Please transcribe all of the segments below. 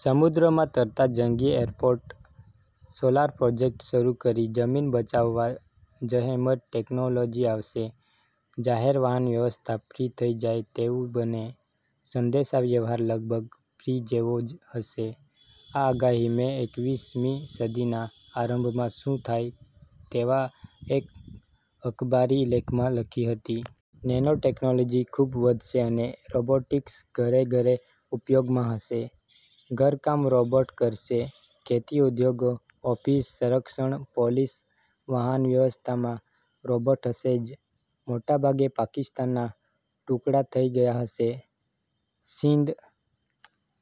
સમુદ્રમાં તરતા જંગી એરપોર્ટ, સોલાર પ્રોજેક્ટ શરૂ કરી જમીન બચાવવા જહેમત, ટેકનોલોજી આવશે. જાહેર વાહન વ્યવસ્થા ફ્રી થઈ જાય તેવું બને. સંદેશા વ્યવહાર લગભગ ફ્રી જેવો જ હશે. આ આગાહી મેં એકવીસ મી સદી ના આરંભમાં શું થાય તેવા એક અખબારી લેખમાં લખી હતી. નેનો ટેકનોલોજી ખૂબ વધશે અને રોબોટિક્સ ઘરે ઘરે ઉપયોગમાં હશે. ઘરકામ રોબોટ કરશે. ખેતી, ઉદ્યોગો, ઓફિસ, સંરક્ષણ, પોલીસ, વાહન વ્યવસ્થા માં રોબોટ હશે જ. મોટાભાગે પાકિસ્તાનના ટુકડા થઈ ગયા હશે. સિંઘ,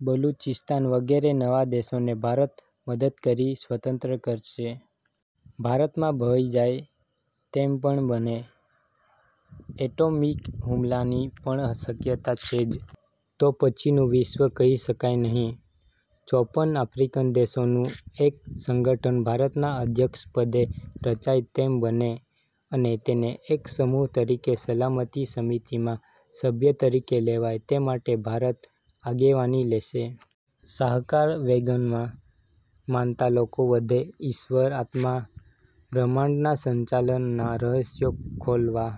બલુચિસ્તાન વગેરે નવા દેશોને ભારત મદદ કરી સ્વતંત્ર કરશે. ભારતમાં ભળી જાય તેમ પણ બને. એટોમિક હુમલાની પણ શક્યતા છે જ. તો પછીનું વિશ્વ કહી શકાય નહિ. ચોપન આફ્રિકન દેશોનું એક સંગઠન ભારતના અધ્યક્ષ પદે રચાય તેમ બને, અને તેને એક સમૂહ તરીકે સલામતી સમિતિમાં સભ્ય તરીકે લેવાય તે માટે ભારત આગેવાની લેશે. શાકાહાર, વેગન માં માનતા લોકો વધે. ઈશ્વર, આત્મા, બ્રહ્માંડના સંચાલન ના રહસ્યો ખોલવા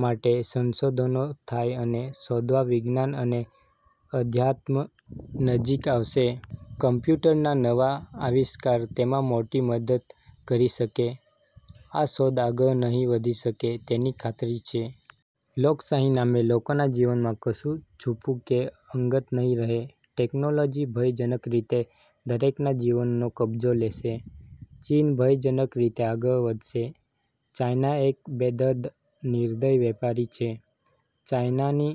માટે સંશોધનો થાય અને શોધવા વિજ્ઞાન અને અધ્યાત્મ નજીક આવશે. કમ્પ્યુટર ના નવા આવિષ્કાર તેમાં મોટી મદદ કરી શકે. આ શોધ આગળ નહિ વધી શકે તેની ખાતરી છે. લોકશાહી નામે લોકોના જીવનમાં કશું છૂપુ કે અંગત નહિ રહે. ટેકનોલોજી ભયજનક રીતે દરેકના જીવનનો કબજો લેશે. ચીન ભયજનક રીતે આગળ વધશે. ચાઈના એક બેદર્દ, નિર્દય વેપારી છે. ચાઈનાની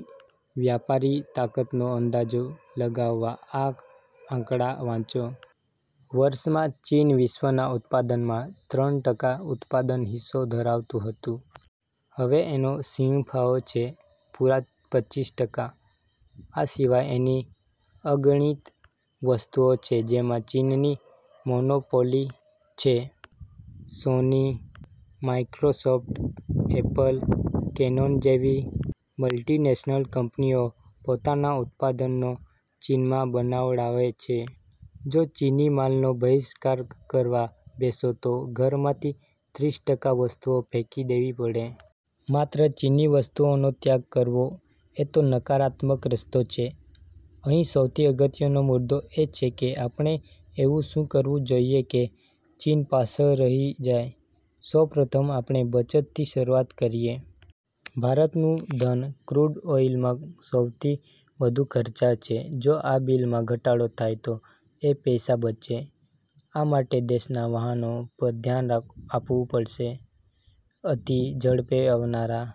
વ્યાપારી તાકાતનો અંદાજો લગાવવા આ આંકડા વાંચો- વર્ષ માં ચીન વિશ્વના ઉત્પાદનમાં ત્રણ ટકા ઉત્પાદન હિસ્સો ધરાવતું હતું. હવે એનો સિંહફાળો છે પૂરા પચીસ ટકા. આ સિવાય એવી અગણિત વસ્તુઓ છે જેમાં ચીનની મોનોપોલી છે. સોની, માઈક્રોસોફ્ટ, એપલ, કેનોન જેવી મલ્ટીનેશનલ કંપનીઓ પોતાનાં ઉત્પાદનો ચીનમાં બનાવડાવે છે. જો ચીની માલનો બહિષ્કાર કરવા બેસો તો ઘરમાંથી ત્રીસ ટકા વસ્તુઓ ફેંકી દેવી પડે. માત્ર ચીની વસ્તુઓનો ત્યાગ કરવો એ તો નકારાત્મક રસ્તો છે. અહીં સૌથી અગત્યનો મુદ્દો એ છે કે આપણે એવું શું કરવું જોઈએ કે ચીન પાછળ રહી જાય? સૌ પ્રથમ આપણે બચતથી શરૂઆત કરીએ. ભારતનું ધન ક્રૂડ ઓઈલમાં સૌથી વધુ ખર્ચાય છે. જો આ બીલમાં ઘટાડો થાય તો એ પૈસા બચે. આ માટે દેશનાં વાહનો પર ધ્યાન આપવું પડશે. અતિ ઝડપે આવનારાં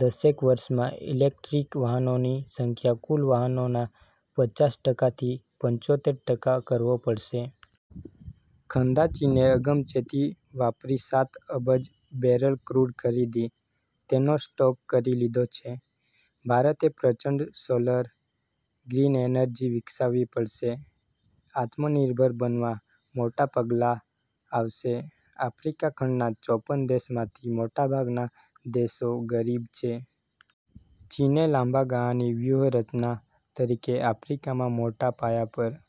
દશેક વર્ષમાં ઈલેકટ્રીક વાહનોની સંખ્યા કુલ વાહનોનાં પચાસ ટકા થી પંચોતેર ટકા કરવો પડશે. ખંધા ચીને અગમચેતી વાપરી સાત અબજ બેરલ ક્રૂડ ખરીદી, તેનો સ્ટોક કરી લીધો છે. ભારતે પ્રચંડ સોલર, ગ્રીન એનર્જી વિકસાવવી પડશે. આત્મ નિર્ભર બનવા મોટા પગલાં આવશે. આફ્રિકા ખંડના ચોપન દેશોમાંથી મોટાભાગના દેશો ગરીબ છે. ચીને લાંબા ગાળાની વ્યૂહ રચના તરીકે આફ્રિકામાં મોટા પાયા પર "